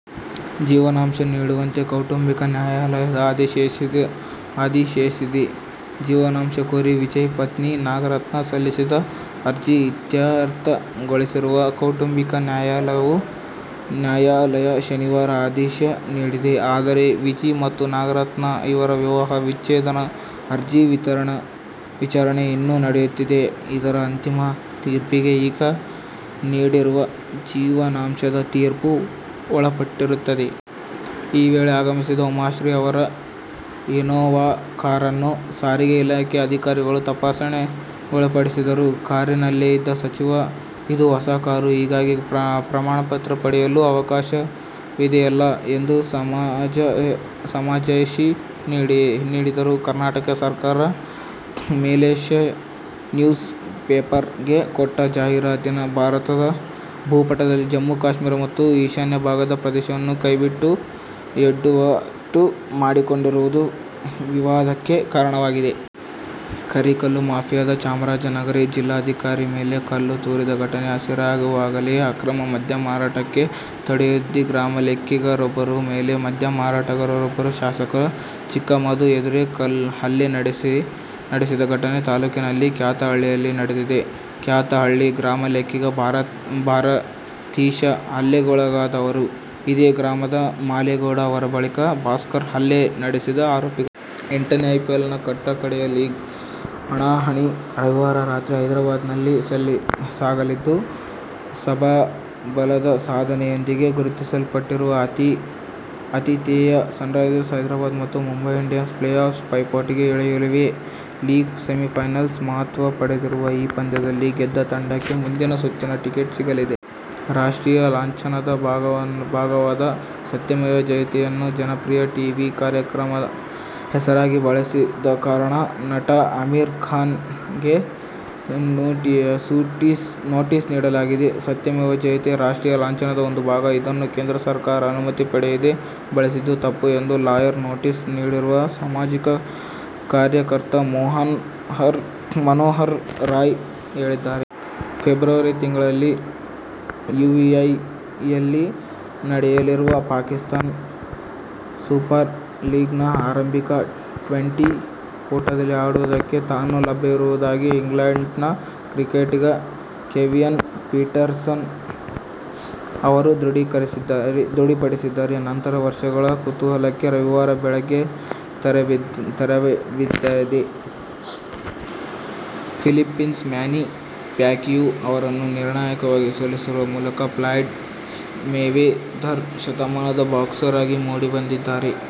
ಜೀವನಾಂಶ ನೀಡುವಂತೆ ಕೌಟುಂಬಿಕ ನ್ಯಾಯಾಲಯ ಆದೇಶಿಸಿದೆ. ಜೀವನಾಂಶ ಕೋರಿ ವಿಜಯ್ ಪತ್ನಿ ನಾಗರತ್ನ ಸಲ್ಲಿಸಿದ್ದ ಅರ್ಜಿ ಇತ್ಯರ್ಥಗೊಳಿಸಿದ ಕೌಟುಂಬಿಕ ನ್ಯಾಯಾಲಯ ಶನಿವಾರ ಈ ಆದೇಶ ನೀಡಿದೆ. ಆದರೆ ವಿಜಿ ಮತ್ತು ನಾಗರತ್ನ ಅವರ ವಿವಾಹ ವಿಚ್ಛೇದನ ಅರ್ಜಿ ವಿಚಾರಣೆ ಇನ್ನೂ ನಡೆಯುತ್ತಿದೆ. ಇದರ ಅಂತಿಮ ತೀರ್ಪಿಗೆ ಈಗ ನೀಡಿರುವ ಜೀವನಾಂಶದ ತೀರ್ಪು ಒಳಪಟ್ಟಿರುತ್ತದೆ. ಈ ವೇಳೆ ಆಗಮಿಸಿದ ಉಮಾಶ್ರೀ ಅವರ ಇನೋವಾ ಕಾರನ್ನು ಸಾರಿಗೆ ಇಲಾಖೆ ಅಧಿಕಾರಿಗಳು ತಪಾಸಣೆಗೊಳಪಡಿಸಿದರು. ಕಾರಿನಲ್ಲೇ ಇದ್ದ ಸಚಿವೆ, "ಇದು ಹೊಸ ಕಾರು. ಹಾಗಾಗಿ, ಪ್ರಮಾಣಪತ್ರ ಪಡೆಯಲು ಅವಕಾಶವಿದೆಯಲ್ಲಾ? ' ಎಂದು ಸಮಜಾಯಿಷಿ ನೀಡಿದರು. ಕರ್ನಾಟಕ ಸರ್ಕಾರ ಮಲೇಷ್ಯಾ ನ್ಯೂಸ್ ಪೇಪರ್ ಗೆ ಕೊಟ್ಟ ಜಾಹೀರಾತಿನ ಭಾರತದ ಭೂಪಟದಲ್ಲಿ ಜಮ್ಮು-ಕಾಶ್ಮೀರ ಮತ್ತು ಈಶಾನ್ಯ ಭಾಗದ ಪ್ರದೇಶವನ್ನೇ ಕೈಬಿಟ್ಟು ಯಡವಟ್ಟು ಮಾಡಿಕೊಂಡಿರುವುದು ವಿವಾದಕ್ಕೆ ಕಾರಣವಾಗಿದೆ. ಕರಿ ಕಲ್ಲು ಮಾಫಿಯಾದವರು ಚಾಮರಾಜನಗರ ಜಿಲ್ಲಾಧಿಕಾರಿ ಮೇಲೆ ಕಲ್ಲು ತೂರಿದ್ದ ಘಟನೆ ಹಸಿರಾಗಿರುವಾಗಲೇ, ಅಕ್ರಮ ಮದ್ಯ ಮಾರಾಟಕ್ಕೆ ತಡೆಯೊಡ್ಡಿದಗ್ರಾಮಲೆಕ್ಕಿಗರೊಬ್ಬರ ಮೇಲೆ ಮದ್ಯಮಾರಾಟಗಾರರಿಬ್ಬರು ಶಾಸಕ ಚಿಕ್ಕಮಾದು ಎದುರೇ ಹಲ್ಲೆ ನಡೆಸಿದ ಘಟನೆ ತಾಲೂಕಿನ ಕ್ಯಾತನಹಳ್ಳಿಯಲ್ಲಿ ನಡೆದಿದೆ. ಕ್ಯಾತನಹಳ್ಳಿ ಗ್ರಾಮಲೆಕ್ಕಿಗ ಭಾರತೀಶ ಹಲ್ಲೆಗೊಳಗಾದವರು. ಇದೇ ಗ್ರಾಮದ ಮಾಲೇಗೌಡ, ಅವರ ಅಳಿಕ ಭಾಸ್ಕರ್ ಹಲ್ಲೆ ನಡೆಸಿದ ಆರೋಪಿಗಳು. ಎಂಟನೇ ಐಪಿಎಲ್ನ ಕಟ್ಟಕಡೆಯ ಲೀಗ್ ಹಣಾಹಣಿ ರವಿವಾರ ರಾತ್ರಿ ಹೈದರಾಬಾದ್ ನಲ್ಲಿ ಸಾಗಲಿದ್ದು, ಸಬಬಲದ ಸಾಧನೆ ಯೊಂದಿಗೆ ಗುರುತಿಸಲ್ಪಟ್ಟಿರುವ ಆತಿ ಥೇಯ ಸನ್ರೈಸರ್ ಹೈದರಾಬಾದ್ ಮತ್ತು ಮುಂಬೈ ಇಂಡಿಯನ್ಸ್ ಪ್ಲೇ- ಆಫ್ ಪೈಪೋಟಿಗೆ ಇಳಿಯಲಿವೆ. "ಲೀಗ್ ಸೆಮಿಫೈನಲ್' ಮಹತ್ವ ಪಡೆದಿರುವ ಈ ಪಂದ್ಯದಲ್ಲಿ ಗೆದ್ದ ತಂಡಕ್ಕೆ ಮುಂದಿನ ಸುತ್ತಿನ ಟಿಕೆಟ್ ಸಿಗಲಿದೆ. ರಾಷ್ಟ್ರೀಯ ಲಾಂಛನದ ಭಾಗವಾದ "ಸತ್ಯಮೇವ ಜಯತೆ'ಯನ್ನು ಜನಪ್ರಿಯ ಟೀವಿ ಕಾರ್ಯಕ್ರಮದ ಹೆಸರಾಗಿ ಬಳಸಿದ್ದ ಕಾರಣ ನಟ ಅಮೀರ್ ಖಾನ್ಗೆ ನೋಟಿಸ್ ನೀಡಲಾಗಿದೆ. ಸತ್ಯಮೇವ ಜಯತೇ ರಾಷ್ಟ್ರೀಯ ಲಾಂಛನದ ಒಂದು ಭಾಗ, ಇದನ್ನು ಕೇಂದ್ರ ಸರ್ಕಾರದ ಅನುಮತಿ ಪಡೆಯದೇ ಬಳಸಿದ್ದು ತಪ್ಪು ಎಂದು ಲಾಯರ್ ನೋಟಿಸ್ ನೀಡಿರುವ ಸಾಮಾಜಿಕ ಕಾರ್ಯಕರ್ತ ಮನೋಹರ್ ರಾಯ್ ಹೇಳಿದ್ದಾರೆ. ಫೆಬ್ರವರಿ ತಿಂಗಳಲ್ಲಿ ಯುಎಇಯಲ್ಲಿ ನಡೆಯಲಿರುವ ಪಾಕಿಸ್ಥಾನ್ ಸೂಪರ್ ಲೀಗ್ನ ಆರಂಭಿಕ ಟ್ವೆಂಟಿ ಕೂಟದಲ್ಲಿ ಆಡುವುದಕ್ಕೆ ತಾನು ಲಭ್ಯವಿರುವುದಾಗಿ ಇಂಗ್ಲೆಂಡ್ನ ಕ್ರಿಕೆಟಿಗ ಕೆವಿನ್ ಪೀಟರ್ಸನ್ ಅವರು ದೃಢಪಡಿಸಿದ್ದಾರೆ. ನಿರಂತರ ವರ್ಷಗಳ ಕುತೂಹಲಕ್ಕೆ ರವಿವಾರ ಬೆಳಗ್ಗೆ ತೆರೆಬಿದ್ದಿದೆ. ಫಿಲಿಪ್ಪೀನ್ಸ್ನ ಮ್ಯಾನಿ ಪ್ಯಾಕ್ವಿಯೋ ಅವರನ್ನು ನಿರ್ಣಾಯಕವಾಗಿ ಸೋಲಿಸುವ ಮೂಲಕ ಫ್ಲಾಯ್ಡ ಮೇವೆದರ್ ಶತಮಾನದ ಬಾಕ್ಸರ್ ಆಗಿ ಮೂಡಿಬಂದಿದ್ದಾರೆ.